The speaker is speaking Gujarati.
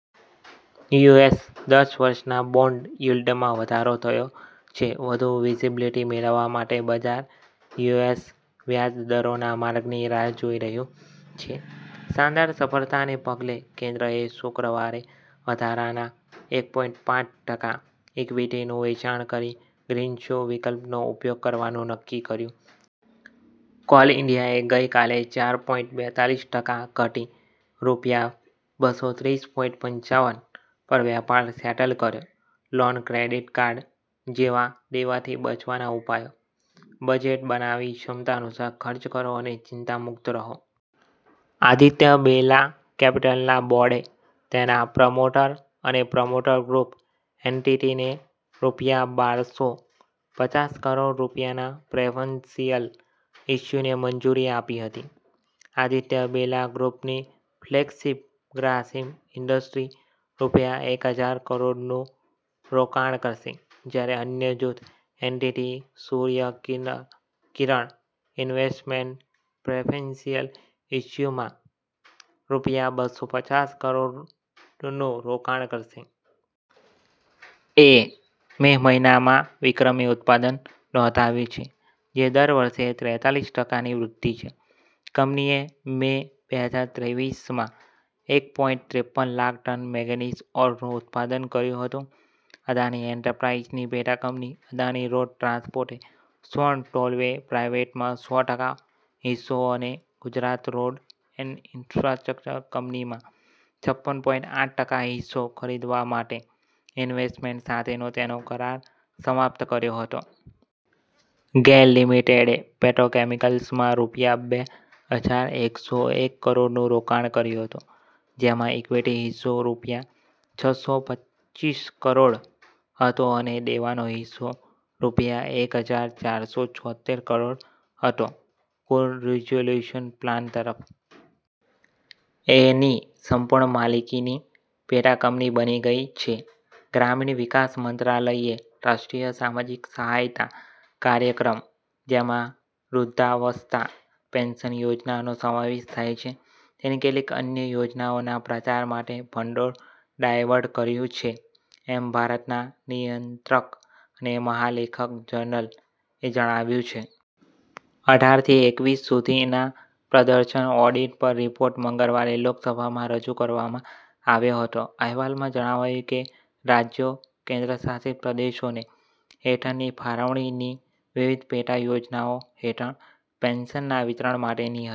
યુએસ દસ-વર્ષના બોન્ડ યીલ્ડમાં વધારો થયો છે, વધુ વિઝિબિલિટી મેળવવા માટે બજાર યુએસ વ્યાજ દરોના માર્ગની રાહ જોઈ રહ્યું છે. " શાનદાર સફળતાને પગલે, કેન્દ્રએ શુક્રવારે વધારાના એક પોઈંટ પાંચ ટકા ઇક્વિટીનું વેચાણ કરીને ગ્રીનશૂ વિકલ્પનો ઉપયોગ કરવાનું નક્કી કર્યું. કોલ ઈન્ડિયાએ ગઈ કાલે ચાર પોઈંટ બેતાલીસ ટકા ઘટીને રૂપિયા બસોત્રીસ પોઈંટ પંચાવન પર વેપાર સેટલ કર્યો. લોન-ક્રેડિટ કાર્ડ જેવા દેવાથી બચવાના ઉપાયો; બજેટ બનાવી ક્ષમતા અનુસાર ખર્ચ કરો અને ચિંતામુક્ત રહો. આદિત્ય બિરલા કેપિટલના બોર્ડે તેના પ્રમોટર અને પ્રમોટર ગ્રૂપ એન્ટિટીને રૂપિયા બારસો પચાસ કરોડના પ્રેફરન્શિયલ ઇશ્યુને મંજૂરી આપી હતી. આદિત્ય બિરલા ગ્રૂપની ફ્લેગશિપ ગ્રાસિમ ઇન્ડસ્ટ્રીઝ રૂપિયા એક હજાર કરોડનું રોકાણ કરશે, જ્યારે અન્ય જૂથ entity, Surya Kiran Investments preferential ઇશ્યૂમાં રૂપિયા બસો પચાસ કરોડનું રોકાણ કરશે. એ મે મહિનામાં વિક્રમી ઉત્પાદન નોંધાવ્યું છે, જે દર વર્ષે ત્રેતાલીસ ટકા ની વૃદ્ધિ છે. કંપનીએ મે બે હજાર ત્રેવીસમાં એક પોઈંટ ત્રેપન લાખ ટન મેંગેનીઝ ઓરનું ઉત્પાદન કર્યું હતું. અદાણી એન્ટરપ્રાઈઝની પેટાકંપની, અદાણી રોડ ટ્રાન્સપોર્ટે સ્વર્ણ ટોલવે પ્રાઈવેટમાં સો ટકા હિસ્સો અને ગુજરાત રોડ એન્ડ ઈન્ફ્રાસ્ટ્રક્ચર કંપનીમાં છપ્પન પોઈંટ આઠ ટકા હિસ્સો ખરીદવા માટે ઈન્વેસ્ટમેન્ટ્સ સાથેનો તેનો કરાર સમાપ્ત કર્યો હતો. ગેઇલ લિમિટેડે પેટ્રોકેમિકલ્સમાં રૂપિયા બે હજાર એકસો એક કરોડનું રોકાણ કર્યું હતું, જેમાં ઇક્વિટી હિસ્સો રૂપિયા છસો પચ્ચીસ કરોડ હતો અને દેવાનો હિસ્સો રૂપિયા એક હજાર ચારસો છોતેર કરોડ હતો, કુલ રિઝોલ્યુશન પ્લાન તરફ. એ ની સંપૂર્ણ માલિકીની પેટાકંપની બની ગઈ છે. ગ્રામીણ વિકાસ મંત્રાલય એ રાષ્ટ્રીય સામાજિક સહાયતા કાર્યક્રમ, જેમાં વૃદ્ધાવસ્થા પેન્શન યોજનાઓનો સમાવેશ થાય છે, તેની કેટલીક અન્ય યોજનાઓના પ્રચાર માટે ભંડોળ ડાયવર્ટ કર્યું છે, એમ ભારતના નિયંત્રક અને મહાલેખક જનરલ એ જણાવ્યું છે. અઢાર થી એકવીસ સુધીના પ્રદર્શન ઓડિટ પર રિપોર્ટ મંગળવારે લોકસભામાં રજૂ કરવામાં આવ્યો હતો. અહેવાલમાં જણાવાયું છે કે "રાજ્યો/ કેન્દ્રશાસિત પ્રદેશોને હેઠળની ફાળવણી ની વિવિધ પેટા યોજનાઓ હેઠળ પેન્શનના વિતરણ માટે હતી.